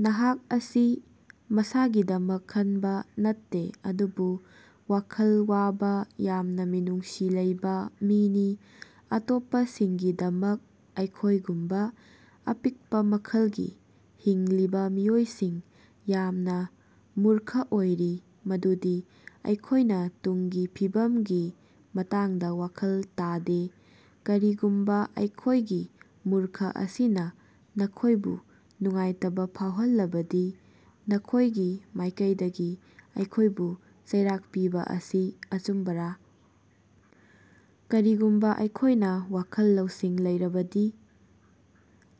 ꯅꯍꯥꯛ ꯑꯁꯤ ꯃꯁꯥꯒꯤꯗꯃꯛ ꯈꯟꯕꯥ ꯅꯠꯇꯦ ꯑꯗꯨꯕꯨ ꯋꯥꯈꯜ ꯋꯥꯕꯥ ꯌꯥꯝꯅꯥ ꯃꯤꯅꯨꯡꯁꯤ ꯂꯩꯕꯥ ꯃꯤꯅꯤ ꯑꯇꯣꯞꯄꯁꯤꯡꯒꯤꯗꯃꯛ ꯑꯩꯈꯣꯏꯒꯨꯝꯕꯥ ꯑꯄꯤꯛꯄꯥ ꯃꯈꯜꯒꯤ ꯍꯤꯡꯂꯤꯕꯥ ꯃꯤꯑꯣꯏꯁꯤꯡ ꯌꯥꯝꯅꯥ ꯃꯨꯔꯈ ꯑꯣꯏꯔꯤ ꯃꯗꯨꯗꯤ ꯑꯩꯈꯣꯏꯅꯥ ꯇꯨꯡꯒꯤ ꯐꯤꯕꯝꯒꯤ ꯃꯇꯥꯡꯗꯥ ꯋꯥꯈꯜ ꯇꯥꯗꯦ꯫ ꯀꯔꯤꯒꯨꯝꯕꯥ ꯑꯩꯈꯣꯏꯒꯤ ꯃꯨꯔꯈ ꯑꯁꯤꯅꯥ ꯅꯈꯣꯏꯕꯨ ꯅꯨꯡꯉꯥꯏꯇꯕꯥ ꯐꯥꯎꯍꯜꯂꯕꯗꯤ ꯅꯈꯣꯏꯒꯤ ꯃꯥꯏꯀꯩꯗꯒꯤ ꯑꯩꯈꯣꯏꯕꯨ ꯆꯩꯔꯥꯛ ꯄꯤꯕꯥ ꯑꯁꯤ ꯑꯆꯨꯝꯕꯔꯥ? ꯀꯔꯤꯒꯨꯝꯕꯥ ꯑꯩꯈꯣꯏꯅꯥ ꯋꯥꯈꯜ ꯂꯧꯁꯤꯡ ꯂꯩꯔꯕꯗꯤ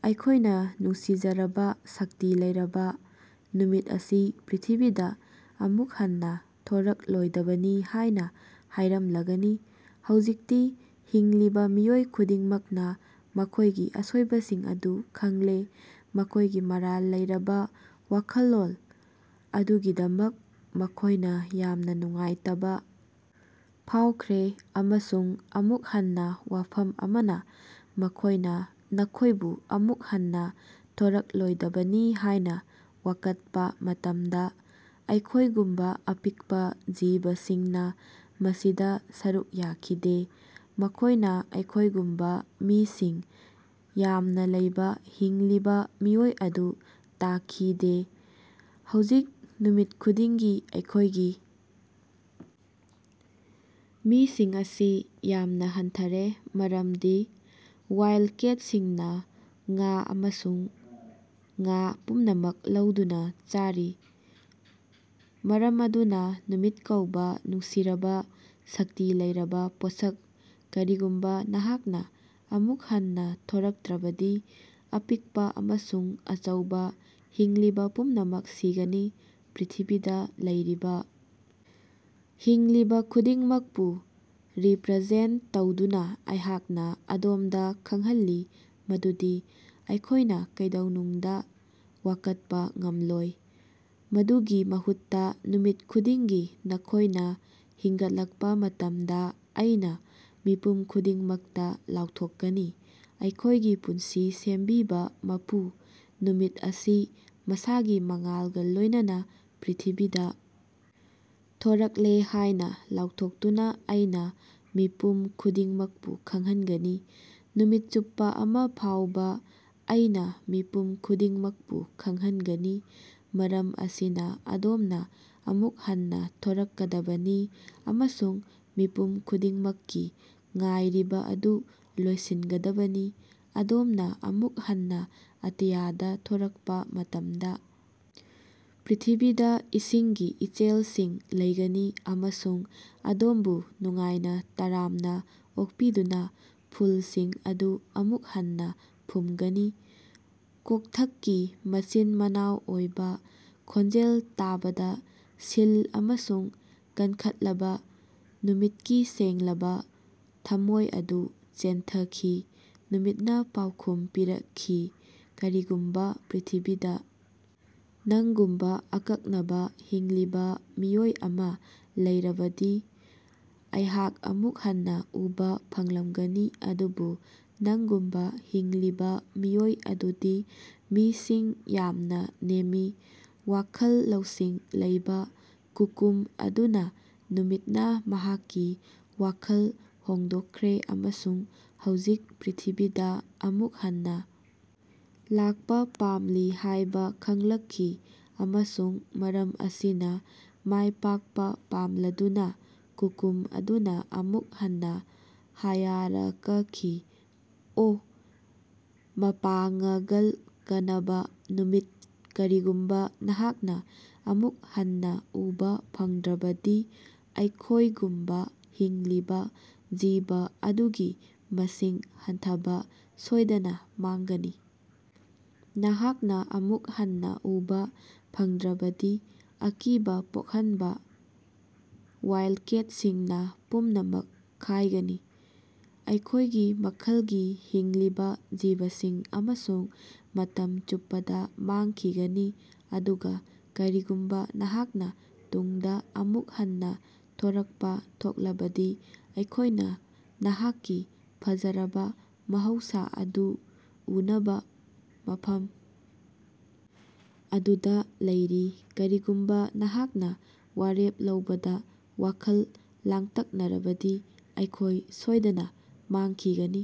ꯑꯩꯈꯣꯏꯅꯥ ꯅꯨꯡꯁꯤꯖꯔꯕꯥ ꯁꯛꯇꯤ ꯂꯩꯔꯕꯥ ꯅꯨꯃꯤꯠ ꯑꯁꯤ ꯄ꯭ꯔ꯭ꯤꯊꯤꯕꯤꯗꯥ ꯑꯃꯨꯛ ꯍꯟꯅꯥ ꯊꯣꯔꯛꯂꯣꯏꯗꯕꯅꯤ ꯍꯥꯏꯅꯥ ꯍꯥꯏꯔꯝꯂꯒꯅꯤ? ꯍꯧꯖꯤꯛꯇꯤ ꯍꯤꯡꯂꯤꯕꯥ ꯃꯤꯑꯣꯏ ꯈꯨꯗꯤꯡꯃꯛꯅꯥ ꯃꯈꯣꯏꯒꯤ ꯑꯁꯣꯏꯕꯁꯤꯡ ꯑꯗꯨ ꯈꯪꯂꯦ꯫ ꯃꯈꯣꯏꯒꯤ ꯃꯔꯥꯜ ꯂꯩꯔꯕꯥ ꯋꯥꯈꯜꯂꯣꯟ ꯑꯗꯨꯒꯤꯗꯃꯛ ꯃꯈꯣꯏꯅꯥ ꯌꯥꯝꯅꯥ ꯅꯨꯡꯉꯥꯏꯇꯕꯥ ꯐꯥꯎꯈ꯭ꯔꯦ꯫ ꯑꯃꯁꯨꯡ ꯑꯃꯨꯛ ꯍꯟꯅꯥ ꯋꯥꯐꯝ ꯑꯃꯅꯥ ꯃꯈꯣꯏꯅꯥ ꯅꯈꯣꯏꯕꯨ ꯑꯃꯨꯛ ꯍꯟꯅꯥ ꯊꯣꯔꯛꯂꯣꯏꯗꯕꯅꯤ ꯍꯥꯏꯅꯥ ꯋꯥꯀꯠꯄꯥ ꯃꯇꯝꯗꯥ ꯑꯩꯈꯣꯏꯒꯨꯝꯕꯥ ꯑꯄꯤꯛꯄꯥ ꯖꯤꯕꯁꯤꯡꯅꯥ ꯃꯁꯤꯗꯥ ꯁꯔꯨꯛ ꯌꯥꯈꯤꯗꯦ꯫ ꯃꯈꯣꯏꯅꯥ ꯑꯩꯈꯣꯏꯒꯨꯝꯕꯥ ꯃꯤꯁꯤꯡ ꯌꯥꯝꯅꯥ ꯂꯩꯕꯥ ꯍꯤꯡꯂꯤꯕꯥ ꯃꯤꯑꯣꯏ ꯑꯗꯨ ꯇꯥꯈꯤꯗꯦ꯫ ꯍꯧꯖꯤꯛ ꯅꯨꯃꯤꯠ ꯈꯨꯗꯤꯡꯒꯤ ꯑꯩꯈꯣꯏꯒꯤ ꯃꯤꯁꯤꯡ ꯑꯁꯤ ꯌꯥꯝꯅꯥ ꯍꯟꯊꯔꯦ ꯃꯔꯝꯗꯤ ꯋꯥꯏꯜꯗꯀꯦꯠꯁꯤꯡꯅꯥ ꯉꯥ ꯑꯃꯁꯨꯡ ꯉꯥ ꯄꯨꯝꯅꯃꯛ ꯂꯧꯗꯨꯅꯥ ꯆꯥꯔꯤ꯫ ꯃꯔꯝ ꯑꯗꯨꯅꯥ ꯅꯨꯃꯤꯠ ꯀꯧꯕꯥ ꯅꯨꯡꯁꯤꯔꯕꯥ ꯁꯛꯇꯤ ꯂꯩꯔꯕꯥ ꯄꯣꯠꯁꯛ ꯀꯔꯤꯒꯨꯝꯕꯥ ꯅꯍꯥꯛꯅꯥ ꯑꯃꯨꯛ ꯍꯟꯅꯥ ꯊꯣꯔꯛꯇ꯭ꯔꯕꯗꯤ ꯑꯄꯤꯛꯄꯥ ꯑꯃꯁꯨꯡ ꯑꯆꯧꯕꯥ ꯍꯤꯡꯂꯤꯕꯥ ꯄꯨꯝꯅꯃꯛ ꯁꯤꯒꯅꯤ꯫ ꯄ꯭ꯔ꯭ꯤꯊꯤꯕꯤꯗꯥ ꯂꯩꯔꯤꯕꯥ ꯍꯤꯡꯂꯤꯕꯥ ꯈꯨꯗꯤꯡꯃꯛꯄꯨ ꯔꯤꯄ꯭ꯔꯖꯦꯟꯠ ꯇꯧꯗꯨꯅꯥ ꯑꯩꯍꯥꯛꯅꯥ ꯑꯗꯣꯝꯗꯥ ꯈꯪꯍꯜꯂꯤ ꯃꯗꯨꯗꯤ ꯑꯩꯈꯣꯏꯅꯥ ꯀꯩꯗꯧꯅꯨꯡꯗꯥ ꯋꯥꯀꯠꯄꯥ ꯉꯝꯂꯣꯏ꯫ ꯃꯗꯨꯒꯤ ꯃꯍꯨꯠꯇꯥ ꯅꯨꯃꯤꯠ ꯈꯨꯗꯤꯡꯒꯤ ꯅꯈꯣꯏꯅꯥ ꯍꯤꯡꯒꯠꯂꯛꯄꯥ ꯃꯇꯝꯗꯥ ꯑꯩꯅꯥ ꯃꯤꯄꯨꯝ ꯈꯨꯗꯤꯡꯃꯛꯇꯥ ꯂꯥꯎꯊꯣꯛꯀꯅꯤ꯫ ꯑꯩꯈꯣꯏꯒꯤ ꯄꯨꯟꯁꯤ ꯁꯦꯝꯕꯤꯕꯥ ꯃꯄꯨ ꯅꯨꯃꯤꯠ ꯑꯁꯤ ꯃꯁꯥꯒꯤ ꯃꯉꯥꯜꯒꯥ ꯂꯣꯏꯅꯅꯥ ꯄ꯭ꯔ꯭ꯤꯊꯤꯕꯤꯗꯥ ꯊꯣꯔꯛꯂꯦ ꯍꯥꯏꯅꯥ ꯂꯥꯎꯊꯣꯛꯇꯨꯅꯥ ꯑꯩꯅꯥ ꯃꯤꯄꯨꯝ ꯈꯨꯗꯤꯡꯃꯛꯄꯨ ꯈꯪꯍꯟꯒꯅꯤ꯫ ꯅꯨꯃꯤꯠ ꯆꯨꯞꯄꯥ ꯑꯃꯥ ꯐꯥꯎꯕꯥ ꯑꯩꯅꯥ ꯃꯤꯄꯨꯝ ꯈꯨꯗꯤꯡꯃꯛꯄꯨ ꯈꯪꯍꯟꯒꯅꯤ꯫ ꯃꯔꯝ ꯑꯁꯤꯅꯥ ꯑꯗꯣꯝꯅꯥ ꯑꯃꯨꯛ ꯍꯟꯅꯥ ꯊꯣꯔꯛꯀꯗꯕꯅꯤ ꯑꯃꯁꯨꯡ ꯃꯤꯄꯨꯝ ꯈꯨꯗꯤꯡꯃꯛꯀꯤ ꯉꯥꯏꯔꯤꯕꯥ ꯑꯗꯨ ꯂꯣꯏꯁꯤꯟꯒꯗꯕꯅꯤ꯫ ꯑꯗꯣꯝꯅꯥ ꯑꯃꯨꯛ ꯍꯟꯅꯥ ꯑꯇꯤꯌꯥꯗꯥ ꯊꯣꯔꯛꯄꯥ ꯃꯇꯝꯗꯥ ꯄ꯭ꯔ꯭ꯤꯊꯤꯕꯤꯗꯥ ꯏꯁꯤꯡꯒꯤ ꯏꯆꯦꯜꯁꯤꯡ ꯂꯩꯒꯅꯤ ꯑꯃꯁꯨꯡ ꯑꯗꯣꯝꯕꯨ ꯅꯨꯡꯉꯥꯏꯅꯥ ꯇꯔꯥꯝꯅꯥ ꯑꯣꯛꯄꯤꯗꯨꯅꯥ ꯐꯨꯜꯁꯤꯡ ꯑꯗꯨ ꯑꯃꯨꯛ ꯍꯟꯅꯥ ꯐꯨꯝꯒꯅꯤ꯫ ꯀꯣꯛꯊꯛꯀꯤ ꯃꯆꯤꯟ ꯃꯅꯥꯎ ꯑꯣꯏꯕꯥ ꯈꯣꯟꯖꯦꯜ ꯇꯥꯕꯗꯥ ꯁꯤꯜ ꯑꯃꯁꯨꯡ ꯀꯟꯈꯠꯂꯕꯥ ꯅꯨꯃꯤꯠꯀꯤ ꯁꯦꯡꯂꯕꯥ ꯊꯝꯃꯣꯏ ꯑꯗꯨ ꯆꯦꯟꯊꯈꯤ꯫ ꯅꯨꯃꯤꯠꯅꯥ ꯄꯥꯎꯈꯨꯝ ꯄꯤꯔꯛꯈꯤ ꯀꯔꯤꯒꯨꯝꯕꯥ ꯄ꯭ꯔ꯭ꯤꯊꯤꯕꯤꯗꯥ ꯅꯪꯒꯨꯝꯕꯥ ꯑꯀꯛꯅꯕꯥ ꯍꯤꯡꯂꯤꯕꯥ ꯃꯤꯑꯣꯏ ꯑꯃꯥ ꯂꯩꯔꯕꯗꯤ ꯑꯩꯍꯥꯛ ꯑꯃꯨꯛ ꯍꯟꯅꯥ ꯎꯕꯥ ꯐꯪꯂꯝꯒꯅꯤ ꯑꯗꯨꯕꯨ ꯅꯪꯒꯨꯝꯕꯥ ꯍꯤꯡꯂꯤꯕꯥ ꯃꯤꯑꯣꯏ ꯑꯗꯨꯗꯤ ꯃꯤꯁꯤꯡ ꯌꯥꯝꯅꯥ ꯅꯦꯝꯃꯤ꯫ ꯋꯥꯈꯜ ꯂꯧꯁꯤꯡ ꯂꯩꯕꯥ ꯀꯨꯀꯨꯝ ꯑꯗꯨꯅꯥ ꯅꯨꯃꯤꯠꯅꯥ ꯃꯍꯥꯛꯀꯤ ꯋꯥꯈꯜ ꯍꯣꯡꯗꯣꯛꯈ꯭ꯔꯦ ꯑꯃꯁꯨꯡ ꯍꯧꯖꯤꯛ ꯄ꯭ꯔ꯭ꯤꯊꯤꯕꯤꯗꯥ ꯑꯃꯨꯛ ꯍꯟꯅꯥ ꯂꯥꯛꯄꯥ ꯄꯥꯝꯂꯤ ꯍꯥꯏꯕꯥ ꯈꯪꯂꯛꯈꯤ꯫ ꯑꯃꯁꯨꯡ ꯃꯔꯝ ꯑꯁꯤꯅꯥ ꯃꯥꯏ ꯄꯥꯛꯄꯥ ꯄꯥꯝꯂꯗꯨꯅꯥ ꯀꯨꯀꯨꯝ ꯑꯗꯨꯅꯥ ꯑꯃꯨꯛ ꯍꯟꯅꯥ ꯍꯥꯌꯔꯀꯈꯤ, "ꯑꯣ, ꯃꯄꯥꯉ꯭ꯒꯜ ꯀꯅꯕꯥ ꯅꯨꯃꯤꯠ ꯀꯔꯤꯒꯨꯝꯕꯥ ꯅꯍꯥꯛꯅꯥ ꯑꯃꯨꯛ ꯍꯟꯅꯥ ꯎꯕꯥ ꯐꯪꯗ꯭ꯔꯕꯗꯤ ꯑꯩꯈꯣꯏꯒꯨꯝꯕꯥ ꯍꯤꯡꯂꯤꯕꯥ ꯖꯤꯕ ꯑꯗꯨꯒꯤ ꯃꯁꯤꯡ ꯍꯟꯊꯕꯥ ꯁꯣꯏꯗꯅꯥ ꯃꯥꯡꯒꯅꯤ꯫ ꯅꯍꯥꯛꯅꯥ ꯑꯃꯨꯛ ꯍꯟꯅꯥ ꯎꯕꯥ ꯐꯪꯗ꯭ꯔꯕꯗꯤ ꯑꯀꯤꯕꯥ ꯄꯣꯛꯍꯟꯕꯥ ꯋꯥꯏꯜꯗꯀꯦꯠꯁꯤꯡꯅꯥ ꯄꯨꯝꯅꯃꯛ ꯈꯥꯏꯒꯅꯤ꯫ ꯑꯩꯈꯣꯏꯒꯤ ꯃꯈꯜꯒꯤ ꯍꯤꯡꯂꯤꯕꯥ ꯖꯤꯕꯁꯤꯡ ꯑꯃꯁꯨꯡ ꯃꯇꯝ ꯆꯨꯞꯄꯗꯥ ꯃꯥꯡꯈꯤꯒꯅꯤ ꯑꯗꯨꯒꯥ ꯀꯔꯤꯒꯨꯝꯕꯥ ꯅꯍꯥꯛꯅꯥ ꯇꯨꯡꯗꯥ ꯑꯃꯨꯛ ꯍꯟꯅꯥ ꯊꯣꯔꯛꯄꯥ ꯊꯣꯛꯂꯕꯗꯤ ꯑꯩꯈꯣꯏꯅꯥ ꯅꯍꯥꯛꯀꯤ ꯐꯖꯔꯕꯥ ꯃꯍꯧꯁꯥ ꯑꯗꯨ ꯎꯅꯕꯥ ꯃꯐꯝ ꯑꯗꯨꯗꯥ ꯂꯩꯔꯤ꯫ ꯀꯔꯤꯒꯨꯝꯕꯥ ꯅꯍꯥꯛꯅꯥ ꯋꯥꯔꯦꯞ ꯂꯧꯕꯗꯥ ꯋꯥꯈꯜ ꯂꯥꯡꯇꯛꯅꯔꯕꯗꯤ ꯑꯩꯈꯣꯏ ꯁꯣꯏꯗꯅꯥ ꯃꯥꯡꯈꯤꯒꯅꯤ꯫